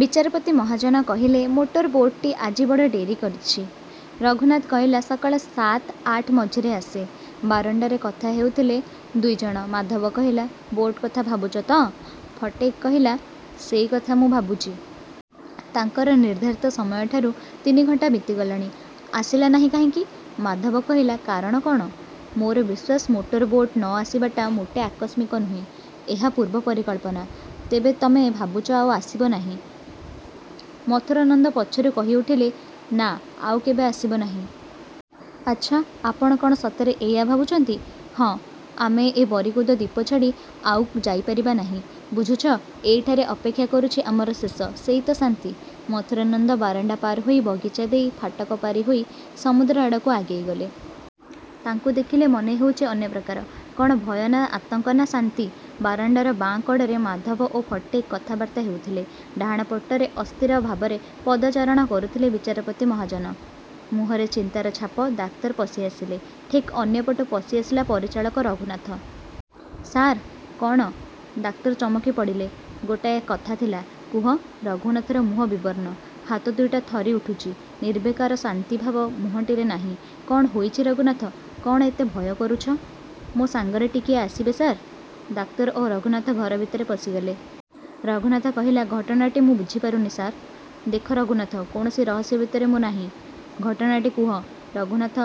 ବିଚାରପତି ମହାଜନ କହିଲେ, motor boat ଟି ଆଜି ବଡ଼ ଡେରି କରିଛି? ରଘୁନାଥ କହିଲା, ସକାଳ ସାତ ଆଠ ମଝିରେ ଆସେ। ବାରଣ୍ଡାରେ କଥା ହେଉଥିଲେ ଦୁଇ ଜଣ। ମାଧବ କହିଲା, ବୋଟ କଥା ଭାବୁଛ ତ? ଫଟିକ୍ କହିଲା, ସେଇ କଥା ମୁଁ ଭାବୁଛି। ତାଙ୍କର ନିର୍ଦ୍ଧାରିତ ସମୟଠାରୁ ତିନି ଘଣ୍ଟା ବିତିଗଲାଣି। ଆସିଲା ନାହିଁ କାହିଁକି? ମାଧବ କହିଲା, କାରଣ କ'ଣ? ମୋର ବିଶ୍ୱାସ, ମୋଟର ବୋଟ ନ ଆସିବାଟା ମୋଟେ ଆକସ୍ମିକ ନୁହେଁ। ଏହା ପୂର୍ବ ପରିକଳ୍ପନା। ତେବେ ତମେ ଭାବୁଛ ଆଉ ଆସିବ ନାହିଁ? ମଥୁରାନନ୍ଦ ପଛରୁ କହିଉଠିଲେ, ନା, ଆଉ କେବେ ଆସିବ ନାହିଁ। ଆଚ୍ଛା, ଆପଣ କ'ଣ ସତରେ ଏଇଆ ଭାବୁଛନ୍ତି? ହଁ। ଆମେ ଏ ବରିକୁଦ ଦ୍ଵୀପ ଛାଡ଼ି ଆଉ ଯାଇପାରିବା ନାହିଁ। ବୁଝୁଛ? ଏଇଠାରେ ଅପେକ୍ଷା କରୁଛି ଆମର ଶେଷ। ସେଇ ତ ଶାନ୍ତି। ମଥୁରାନନ୍ଦ ବାରଣ୍ଡା ପାରହୋଇ ବଗିଚା ଦେଇ ଫାଟକ ପାରିହୋଇ ସମୁଦ୍ର ଆଡ଼କୁ ଆଗେଇଗଲେ। ତାଙ୍କୁ ଦେଖିଲେ ମନେହେଉଛି ଅନ୍ୟପ୍ରକାର। କ'ଣ ଭୟ ନା ଆତଙ୍କ ନା ଶାନ୍ତି? ବାରଣ୍ଡାର ବାଁ କଡ଼ରେ ମାଧବ ଓ ଫଟିକ୍ କଥାବାର୍ତ୍ତା ହେଉଥିଲେ। ଡାହାଣପଟରେ ଅସ୍ଥିର ଭାବରେ ପଦଚାରଣ କରୁଥିଲେ ବିଚାରପତି ମହାଜନ। ମୁହଁରେ ଚିନ୍ତାର ଛାପ। ଡାକ୍ତର ପଶିଆସିଲେ। ଠିକ୍ ଅନ୍ୟପଟୁ ପଶିଆସିଲା ପରିଚାଳକ ରଘୁନାଥ। ସାର୍! କ'ଣ? ଡାକ୍ତର ଚମକିପଡ଼ିଲେ। ଗୋଟାଏ କଥା ଥିଲା। କୁହ। ରଘୁନାଥର ମୁହଁ ବିବର୍ଣ୍ଣ। ହାତ ଦୁଇଟା ଥରିଉଠୁଛି। ନିର୍ବିକାର ଶାନ୍ତିଭାବ ମୁହଁଟିରେ ନାହିଁ। କ'ଣ ହୋଇଛି ରଘୁନାଥ, କ'ଣ ଏତେ ଭୟ କରୁଛ? ମୋ ସାଙ୍ଗରେ ଟିକିଏ ଆସିବେ ସାର୍? ଡାକ୍ତର ଓ ରଘୁନାଥ ଘର ଭିତରେ ପଶିଗଲେ। ରଘୁନାଥ କହିଲା, ଘଟଣାଟି ମୁଁ ବୁଝିପାରୁନି, ସାର୍! ଦେଖ ରଘୁନାଥ, କୌଣସି ରହସ୍ୟ ଭିତରେ ମୁଁ ନାହିଁ। ଘଟଣାଟି କୁହ। ରଘୁନାଥ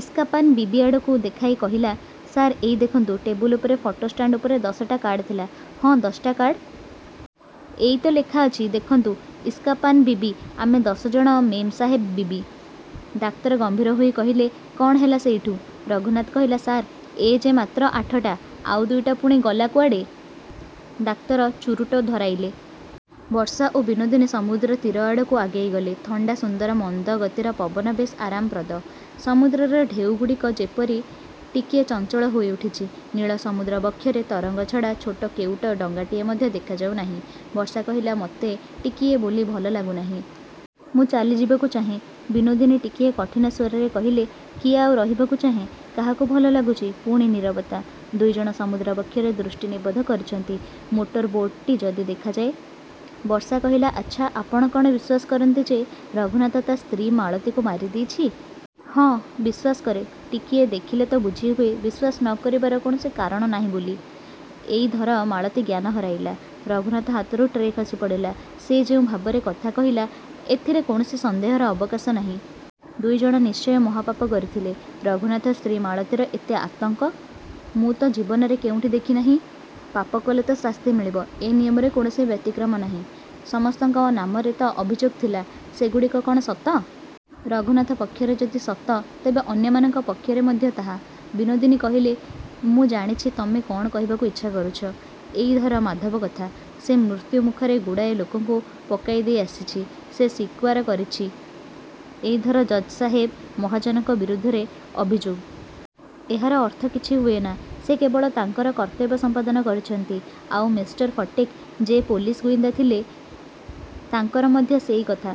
ଇସ୍କାପାନ ବିବି ଆଡ଼କୁ ଦେଖାଇ କହିଲା, ସାର୍, ଏଇ ଦେଖନ୍ତୁ ଟେବୁଲ ଉପରେ ଫଟୋ ଷ୍ଟାଣ୍ଡ ଉପରେ ଦଶଟା କାର୍ଡ଼ ଥିଲା। ହଁ, ଦଶଟା କାର୍ଡ଼। ଏଇ ତ ଲେଖା ଅଛି, ଦେଖନ୍ତୁ, ଇସ୍କାପାନ ବିବି, ଆମେ ଦଶ ଜଣ ମେମ୍ ସାହେବ ବିବି। ଡାକ୍ତର ଗମ୍ଭୀର ହୋଇ କହିଲେ, କ'ଣ ହେଲା ସେଇଠୁ? ରଘୁନାଥ କହିଲା, ସାର୍, ଏ ଯେ ମାତ୍ର ଆଠଟା। ଆଉ ଦୁଇଟା ପୁଣି ଗଲା କୁଆଡ଼େ? ଡାକ୍ତର ଚୁରୁଟ ଧରାଇଲେ। ବର୍ଷା ଓ ବିନୋଦିନୀ ସମୁଦ୍ର ତୀର ଆଡ଼କୁ ଆଗେଇଗଲେ। ଥଣ୍ଡା ସୁନ୍ଦର ମନ୍ଦ ଗତିର ପବନ ବେଶ୍ ଆରାମପ୍ରଦ। ସମୁଦ୍ରର ଢେଉଗୁଡ଼ିକ ଯେପରି ଟିକିଏ ଚଞ୍ଚଳ ହୋଇଉଠିଛି। ନୀଳ ସମୁଦ୍ର ବକ୍ଷରେ ତରଙ୍ଗ ଛଡ଼ା ଛୋଟ କେଉଟ ଡଙ୍ଗାଟିଏ ମଧ୍ୟ ଦେଖାଯାଉନାହିଁ। ବର୍ଷା କହିଲା, ମୋତେ ଟିକିଏ ବୋଲି ଭଲ ଲାଗୁନାହିଁ। ମୁଁ ଚାଲିଯିବାକୁ ଚାହେଁ। ବିନୋଦିନୀ ଟିକିଏ କଠିନ ସ୍ୱରରେ କହିଲେ, କିଏ ଆଉ ରହିବାକୁ ଚାହେଁ? କାହାକୁ ଭଲ ଲାଗୁଛି? ପୁଣି ନୀରବତା। ଦୁଇ ଜଣ ସମୁଦ୍ର ବକ୍ଷରେ ଦୃଷ୍ଟି ନିବଦ୍ଧ କରିଛନ୍ତି, ମୋଟର ବୋଟ ଟି ଯଦି ଦେଖାଯାଏ। ବର୍ଷା କହିଲା, ଆଚ୍ଛା, ଆପଣ କ'ଣ ବିଶ୍ୱାସ କରନ୍ତି ଯେ ରଘୁନାଥ ତା ସ୍ତ୍ରୀ ମାଳତୀକୁ ମାରିଦେଇଛି? ହଁ, ବିଶ୍ୱାସ କରେ। ଟିକିଏ ଦେଖିଲେ ତ ବୁଝିହୁଏ ବିଶ୍ୱାସ ନ କରିବାର କୌଣସି କାରଣ ନାହିଁ ବୋଲି। ଏଇ ଧର ମାଳତୀ ଜ୍ଞାନ ହରାଇଲା, ରଘୁନାଥ ହାତରୁ ଟ୍ରେ ଖସିପଡ଼ିଲା। ସେ ଯେଉଁ ଭାବରେ କଥା କହିଲା ଏଥିରେ କୌଣସି ସନ୍ଦେହର ଅବକାଶ ନାହିଁ। ଦୁଇ ଜଣ ନିଶ୍ଚୟ ମହାପାପ କରିଥିଲେ। ରଘୁନାଥ ସ୍ତ୍ରୀ ମାଳତୀର ଏତେ ଆତଙ୍କ, ମୁଁ ତ ଜୀବନରେ କେଉଁଠି ଦେଖି ନାହିଁ। ପାପ କଲେ ତ ଶାସ୍ତି ମିଳିବ, ଏ ନିୟମରେ କୌଣସି ବ୍ୟତିକ୍ରମ ନାହିଁ। ସମସ୍ତଙ୍କ ନାମରେ ତ ଅଭିଯୋଗ ଥିଲା। ସେଗୁଡ଼ିକ କ'ଣ ସତ? ରଘୁନାଥ ପକ୍ଷରେ ଯଦି ସତ ତେବେ ଅନ୍ୟମାନଙ୍କ ପକ୍ଷରେ ମଧ୍ୟ ତାହା, ବିନୋଦିନୀ କହିଲେ, ମୁଁ ଜାଣିଛି ତମେ କ'ଣ କହିବାକୁ ଇଚ୍ଛା କରୁଛ। ଏଇ ଧର, ମାଧବ କଥା। ସେ ମୃତ୍ୟୁମୁଖରେ ଗୁଡ଼ାଏ ଲୋକଙ୍କୁ ପକାଇଦେଇ ଆସିଛି। ସେ ସ୍ଵୀକାର କରିଛି। ଏଇ ଧର ଜଜ୍ ସାହେବ ମହାଜନଙ୍କ ବିରୁଦ୍ଧରେ ଅଭିଯୋଗ। ଏହାର ଅର୍ଥ କିଛି ହୁଏନା। ସେ କେବଳ ତାଙ୍କର କର୍ତ୍ତବ୍ୟ ସମ୍ପାଦନ କରିଛନ୍ତି। ଆଉ ମିଷ୍ଟର ଫଟିକ୍, ଯେ ପୋଲିସ ଗୁଇନ୍ଦା ଥିଲେ, ତାଙ୍କର ମଧ୍ୟ ସେଇ କଥା।